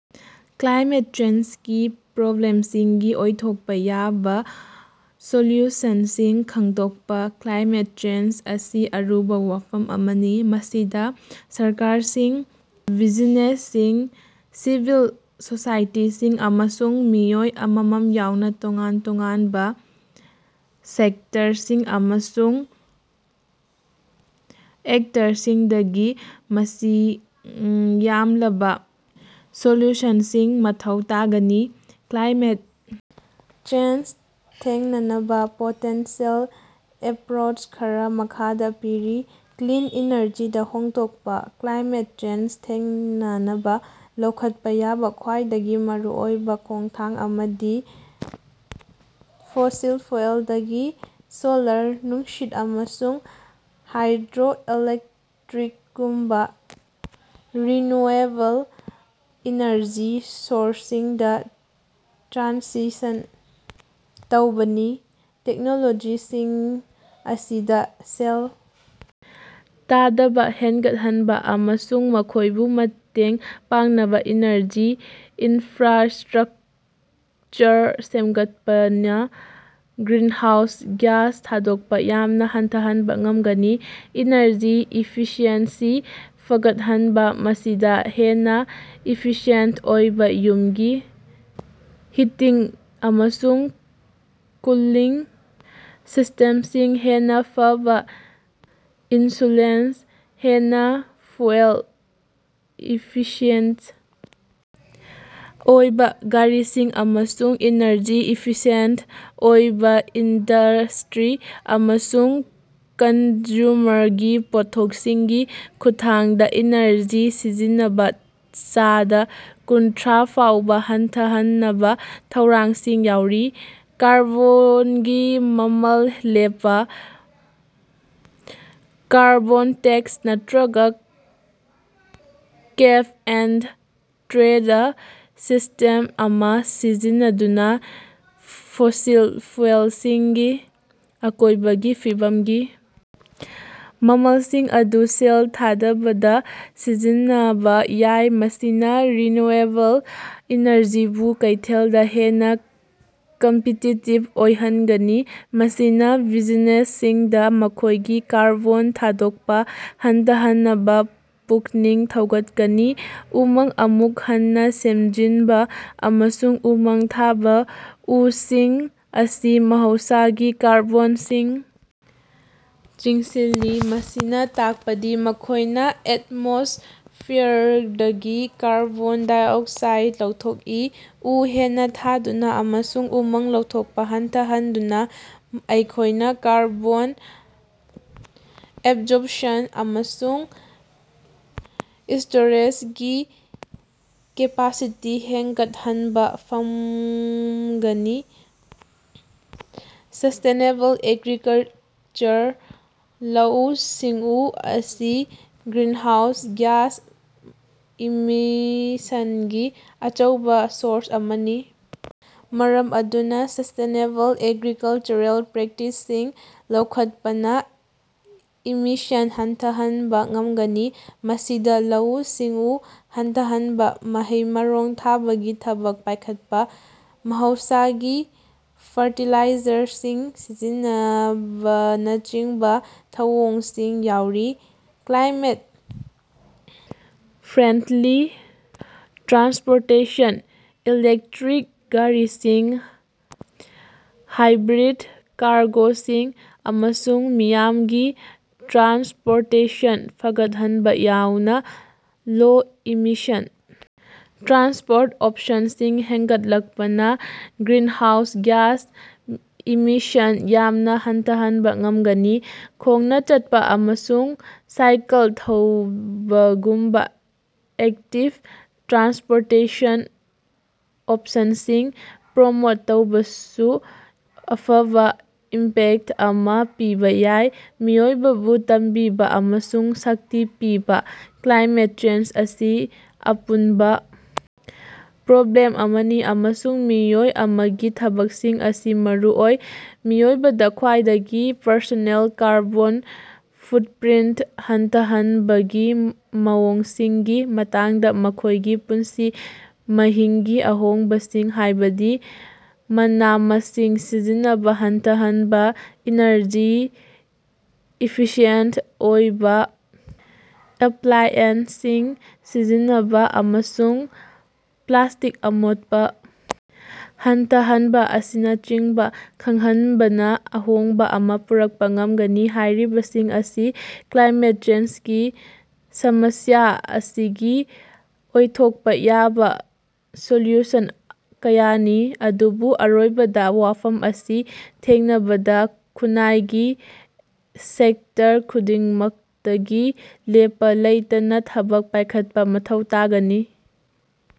Climate ꯆꯦꯟꯖꯀꯤ ꯄ꯭ꯔꯣꯕ꯭ꯂꯦꯝꯁꯤꯡꯒꯤ ꯑꯣꯏꯊꯣꯛꯄ ꯌꯥꯕ ꯁꯣꯂ꯭ꯌꯨꯁꯟꯁꯤꯡ ꯈꯪꯗꯣꯛꯄ- ꯀ꯭ꯂꯥꯏꯃꯦꯠ ꯆꯦꯟꯖ ꯑꯁꯤ ꯑꯔꯨꯕ ꯋꯥꯐꯝ ꯑꯃꯅꯤ꯫ ꯃꯁꯤꯗ ꯁꯔꯀꯥꯔꯁꯤꯡ, ꯕꯤꯖꯤꯅꯦꯁꯁꯤꯡ, ꯁꯤꯚꯤꯜ ꯁꯣꯁꯥꯏꯇꯤꯁꯤꯡ, ꯑꯃꯁꯨꯡ ꯃꯤꯑꯣꯏ ꯑꯃꯃꯝ ꯌꯥꯎꯅ ꯇꯣꯉꯥꯟ -ꯇꯣꯉꯥꯟꯕ ꯁꯦꯛꯇꯔꯁꯤꯡ ꯑꯃꯁꯨꯡ ꯑꯦꯛꯇꯔꯁꯤꯡꯗꯒꯤ ꯃꯁꯤ ꯌꯥꯝꯂꯕ ꯁꯣꯂ꯭ꯌꯨꯁꯟꯁꯤꯡ ꯃꯊꯧ ꯇꯥꯒꯅꯤ꯫ ꯀ꯭ꯂꯥꯏꯃꯦꯠ ꯆꯦꯟꯖ ꯊꯦꯡꯅꯅꯕ ꯄꯣꯇꯦꯟꯁꯤꯑꯦꯜ ꯑꯦꯄ꯭ꯔꯣꯆ ꯈꯔ ꯃꯈꯥꯗ ꯄꯤꯔꯤ:- ꯀ꯭ꯂꯤꯟ ꯏꯅꯔꯖꯤꯗ ꯍꯣꯡꯗꯣꯛꯄ: ꯀ꯭ꯂꯥꯏꯃꯦꯠ ꯆꯦꯟꯖ ꯊꯦꯡꯅꯅꯕ ꯂꯧꯈꯠꯄ ꯌꯥꯕ ꯈ꯭ꯋꯥꯏꯗꯒꯤ ꯃꯔꯨꯑꯣꯏꯕ ꯈꯣꯡꯊꯥꯡ ꯑꯃꯗꯤ ꯐꯣꯁꯤꯜ ꯐꯨꯑꯦꯜꯗꯒꯤ ꯁꯣꯂꯔ, ꯅꯨꯡꯁꯤꯠ, ꯑꯃꯁꯨꯡ ꯍꯥꯏꯗ꯭ꯔꯣ-ꯏꯂꯦꯛꯇ꯭ꯔꯤꯛꯒꯨꯝꯕ ꯔꯤꯅ꯭ꯌꯨꯑꯦꯕꯜ ꯏꯅꯔꯖꯤ ꯁꯣꯔꯁꯁꯤꯡꯗ ꯇ꯭ꯔꯥꯟꯁꯤꯁꯟ ꯇꯧꯕꯅꯤ꯫ ꯇꯦꯛꯅꯣꯂꯣꯖꯤꯁꯤꯡ ꯑꯁꯤꯗ ꯁꯦꯜ ꯊꯥꯗꯕ ꯍꯦꯟꯒꯠꯍꯟꯕ ꯑꯃꯁꯨꯡ ꯃꯈꯣꯏꯕꯨ ꯃꯇꯦꯡ ꯄꯥꯡꯅꯕ ꯏꯅꯔꯖꯤ ꯏꯟꯐ꯭ꯔꯥꯁꯇ꯭ꯔꯛꯆꯔ ꯁꯦꯝꯒꯠꯄꯅ ꯒ꯭ꯔꯤꯟꯍꯥꯎꯁ ꯒ꯭ꯌꯥꯁ ꯊꯥꯗꯣꯛꯄ ꯌꯥꯝꯅ ꯍꯟꯊꯍꯟꯕ ꯉꯝꯒꯅꯤ꯫ ꯏꯅꯔꯖꯤ ꯏꯐꯤꯁꯤꯑꯦꯟꯁꯤ ꯐꯒꯠꯍꯟꯕ: ꯃꯁꯤꯗ ꯍꯦꯟꯅ ꯏꯐꯤꯁꯤꯌꯦꯟꯇ ꯑꯣꯏꯕ ꯌꯨꯝꯒꯤ ꯍꯤꯇꯤꯡ ꯑꯃꯁꯨꯡ ꯀꯨꯂꯤꯡ ꯁꯤꯁꯇꯦꯝꯁꯤꯡ, ꯍꯦꯟꯅ ꯐꯕ ꯏꯟꯁꯨꯂꯦꯁꯟ, ꯍꯦꯟꯅ ꯐꯨꯑꯦꯜ ꯏꯐꯤꯁꯤꯑꯦꯟꯇ ꯑꯣꯏꯕ ꯒꯥꯔꯤꯁꯤꯡ, ꯑꯃꯁꯨꯡ ꯏꯅꯔꯖꯤ ꯏꯐꯤꯁꯤꯌꯦꯟꯇ ꯑꯣꯏꯕ ꯏꯟꯗꯁꯇ꯭ꯔꯤ ꯑꯃꯁꯨꯡ ꯀꯟꯖꯨꯃꯔꯒꯤ ꯄꯣꯠꯊꯣꯛꯁꯤꯡꯒꯤ ꯈꯨꯠꯊꯥꯡꯗ ꯏꯅꯔꯖꯤ ꯁꯤꯖꯤꯟꯅꯕ ꯆꯥꯗ ꯀꯨꯟꯊ꯭ꯔꯥ ꯐꯥꯎꯕ ꯍꯟꯊꯍꯟꯅꯕ ꯊꯧꯔꯥꯡꯁꯤꯡ ꯌꯥꯎꯔꯤ꯫ ꯀꯥꯔꯕꯣꯟꯒꯤ ꯃꯃꯜ ꯂꯦꯞꯄ: ꯀꯥꯔꯕꯣꯟ ꯇꯦꯛꯁ ꯅꯠꯇ꯭ꯔꯒ ꯀꯦꯞ-ꯑꯦꯟꯗ-ꯇ꯭ꯔꯦꯗ ꯁꯤꯁ꯭ꯇꯦꯝ ꯑꯃ ꯁꯤꯖꯤꯟꯅꯗꯨꯅ ꯐꯣꯁꯤꯜ ꯐꯨꯑꯦꯜꯁꯤꯡꯒꯤ ꯑꯀꯣꯏꯕꯒꯤ ꯐꯤꯕꯝꯒꯤ ꯃꯃꯜꯁꯤꯡ ꯑꯗꯨ ꯁꯦꯜ ꯊꯥꯗꯕꯗ ꯁꯤꯖꯤꯟꯅꯕ ꯌꯥꯏ꯫ ꯃꯁꯤꯅ ꯔꯤꯅꯤꯌꯨꯑꯦꯕꯜ ꯏꯅꯔꯖꯤꯕꯨ ꯀꯩꯊꯦꯜꯗ ꯍꯦꯟꯅ ꯀꯝꯄꯤꯇꯤꯇꯤꯚ ꯑꯣꯏꯍꯟꯒꯅꯤ꯫ ꯃꯁꯤꯅ ꯕꯤꯖꯤꯅꯦꯁꯁꯤꯡꯗ ꯃꯈꯣꯏꯒꯤ ꯀꯥꯔꯕꯣꯟ ꯊꯥꯗꯣꯛꯄ ꯍꯟꯊꯍꯟꯅꯕ ꯄꯨꯛꯅꯤꯡ ꯊꯧꯒꯠꯀꯅꯤ꯫ ꯎꯃꯪ ꯑꯃꯨꯛ ꯍꯟꯅ ꯁꯦꯝꯖꯤꯟꯕ ꯑꯃꯁꯨꯡ ꯎꯃꯪ ꯊꯥꯕ: ꯎꯁꯤꯡ ꯑꯁꯤ ꯃꯍꯧꯁꯥꯒꯤ ꯀꯥꯔꯕꯣꯟ ꯁꯤꯡ ꯆꯤꯡꯁꯤꯜꯂꯤ꯫ ꯃꯁꯤꯅ ꯇꯥꯛꯄꯗꯤ ꯃꯈꯣꯏꯅ ꯑꯦꯠꯃꯣꯁꯐꯤꯌꯔꯗꯒꯤ ꯀꯥꯔꯕꯣꯟ -ꯗꯥꯏꯑꯣꯛꯁꯥꯏꯗ ꯂꯧꯊꯣꯛꯏ꯫ ꯎ ꯍꯦꯟꯅ ꯊꯥꯗꯨꯅ ꯑꯃꯁꯨꯡ ꯎꯃꯪ ꯂꯧꯊꯣꯛꯄ ꯍꯟꯊꯍꯟꯗꯨꯅ ꯑꯩꯈꯣꯏꯅ ꯀꯥꯔꯕꯣꯟ ꯑꯦꯕꯖꯣꯔꯞꯁꯟ ꯑꯃꯁꯨꯡ ꯁ꯭ꯇꯣꯔꯦꯖꯒꯤ ꯀꯦꯄꯥꯁꯤꯇꯤ ꯍꯦꯉꯠꯍꯟꯕ ꯉꯝꯒꯅꯤ꯫ ꯁꯁꯇꯦꯅꯦꯕꯜ ꯑꯦꯒ꯭ꯔꯤꯀꯜꯆꯔ: ꯂꯧꯎ-ꯁꯤꯡꯎ ꯑꯁꯤ ꯒ꯭ꯔꯤꯟꯍꯥꯎꯁ ꯒ꯭ꯌꯥꯁ ꯏꯃꯤꯁꯟꯒꯤ ꯑꯆꯧꯕ ꯁꯣꯔꯁ ꯑꯃꯅꯤ꯫ ꯃꯔꯝ ꯑꯗꯨꯅ ꯁꯁꯇꯦꯅꯦꯕꯜ ꯑꯦꯒ꯭ꯔꯤꯀꯜꯆꯔꯦꯜ ꯄ꯭ꯔꯦꯛꯇꯤꯁꯁꯤꯡ ꯂꯧꯈꯠꯄꯅ ꯏꯃꯤꯁꯟ ꯍꯟꯊꯍꯟꯕ ꯉꯝꯒꯅꯤ꯫ ꯃꯁꯤꯗ ꯂꯧꯎ-ꯁꯤꯡꯎ ꯍꯟꯊꯍꯟꯕ, ꯃꯍꯩ-ꯃꯔꯣꯡ ꯊꯥꯕꯒꯤ ꯊꯕꯛ ꯄꯥꯏꯈꯠꯄ, ꯃꯍꯧꯁꯥꯒꯤ ꯐꯔꯇꯤꯂꯥꯏꯖꯔꯁꯤꯡ ꯁꯤꯖꯤꯟꯅꯕꯅꯆꯤꯡꯕ ꯊꯧꯑꯣꯡꯁꯤꯡ ꯌꯥꯎꯔꯤ꯫ ꯀ꯭ꯂꯥꯏꯃꯦꯠ-ꯐ꯭ꯔꯦꯟꯗ꯭ꯂꯤ ꯇ꯭ꯔꯥꯟꯁꯄꯣꯔꯇꯦꯁꯟ: ꯏꯂꯦꯛꯇ꯭ꯔꯤꯛ ꯒꯥꯔꯤꯁꯤꯡ, ꯍꯥꯏꯕ꯭ꯔꯤꯗ ꯀꯥꯔꯒꯣꯁꯤꯡ, ꯑꯃꯁꯨꯡ ꯃꯤꯌꯥꯝꯒꯤ ꯇ꯭ꯔꯥꯟꯁꯄꯣꯔꯇꯦꯁꯟ ꯐꯒꯠꯍꯟꯕ ꯌꯥꯎꯅ ꯂꯣ-ꯏꯃꯤꯁꯟ ꯇ꯭ꯔꯥꯟꯁꯄꯣꯔꯠ ꯑꯣꯞꯁꯟꯁꯤꯡ ꯍꯦꯟꯒꯠꯂꯛꯄꯅ ꯒ꯭ꯔꯤꯟꯍꯥꯎꯁ ꯒ꯭ꯌꯥꯁ ꯏꯃꯤꯁꯟ ꯌꯥꯝꯅ ꯍꯟꯊꯍꯟꯕ ꯉꯝꯒꯅꯤ꯫ ꯈꯣꯡꯅ ꯆꯠꯄ ꯑꯃꯁꯨꯡ ꯁꯥꯏꯀꯜ ꯊꯧꯕꯒꯨꯝꯕ ꯑꯦꯛꯇꯤꯚ ꯇ꯭ꯔꯥꯟꯁꯄꯣꯔꯇꯦꯁꯟ ꯑꯣꯞꯁꯟꯁꯤꯡ ꯄ꯭ꯔꯃꯣꯠ ꯇꯧꯕꯁꯨ ꯑꯐꯕ ꯏꯝꯄꯦꯛꯇ ꯑꯃ ꯄꯤꯕ ꯌꯥꯏ꯫ ꯃꯤꯑꯣꯏꯕꯕꯨ ꯇꯝꯕꯤꯕ ꯑꯃꯁꯨꯡ ꯁꯛꯇꯤ ꯄꯤꯕ: ꯀ꯭ꯂꯥꯏꯃꯦꯠ ꯆꯦꯟꯖ ꯑꯁꯤ ꯑꯄꯨꯟꯕ ꯄ꯭ꯔꯣꯕ꯭ꯂꯦꯝ ꯑꯃꯅꯤ ꯑꯃꯁꯨꯡ ꯃꯤꯑꯣꯏ ꯑꯃꯒꯤ ꯊꯕꯛꯁꯤꯡ ꯑꯁꯤ ꯃꯔꯨ ꯑꯣꯏ꯫ ꯃꯤꯑꯣꯏꯕꯗ ꯃꯈꯣꯏꯒꯤ ꯄꯔꯁꯣꯅꯦꯜ ꯀꯥꯔꯕꯣꯟ ꯐꯨꯠꯄ꯭ꯔꯤꯟꯇ ꯍꯟꯊꯍꯟꯕꯒꯤ ꯃꯑꯣꯡꯁꯤꯡꯒꯤ ꯃꯇꯥꯡꯗ ꯃꯈꯣꯏꯒꯤ ꯄꯨꯟꯁꯤ ꯃꯍꯤꯡꯒꯤ ꯑꯍꯣꯡꯕꯁꯤꯡ ꯍꯥꯏꯕꯗꯤ ꯃꯅꯥ-ꯃꯁꯤꯡ ꯁꯤꯖꯤꯟꯅꯕ ꯍꯟꯊꯍꯟꯕ, ꯏꯅꯔꯖꯤ ꯏꯐꯤꯁꯤꯌꯦꯟꯇ ꯑꯣꯏꯕ ꯑꯦꯄ꯭ꯂꯥꯏꯑꯦꯟꯁꯁꯤꯡ ꯁꯤꯖꯤꯟꯅꯕ, ꯑꯃꯁꯨꯡ ꯄ꯭ꯂꯥꯁꯇꯤꯛ ꯑꯃꯣꯠꯄ ꯍꯟꯊꯍꯟꯕ ꯑꯁꯤꯅꯆꯤꯡꯕ ꯈꯪꯍꯟꯕꯅ ꯑꯍꯣꯡꯕ ꯑꯃ ꯄꯨꯔꯛꯄ ꯉꯝꯒꯅꯤ꯫ ꯍꯥꯏꯔꯤꯕꯁꯤꯡ ꯑꯁꯤ ꯀ꯭ꯂꯥꯏꯃꯦꯠ ꯆꯦꯟꯖꯀꯤ ꯁꯃꯁ꯭ꯌꯥ ꯑꯁꯤꯒꯤ ꯑꯣꯏꯊꯣꯛꯄ ꯌꯥꯕ ꯁꯣꯂ꯭ꯌꯨꯁꯟ ꯀꯌꯥꯅꯤ꯫ ꯑꯗꯨꯕꯨ ꯑꯔꯣꯏꯕꯗ, ꯋꯥꯐꯝ ꯑꯁꯤ ꯊꯦꯡꯅꯕꯗ ꯈꯨꯟꯅꯥꯏꯒꯤ ꯁꯦꯛꯇꯔ ꯈꯨꯗꯤꯡꯃꯛꯇꯒꯤ ꯂꯦꯞꯄ ꯂꯩꯇꯅ ꯊꯕꯛ ꯄꯥꯏꯈꯠꯄ ꯃꯊꯧ ꯇꯥꯒꯅꯤ꯫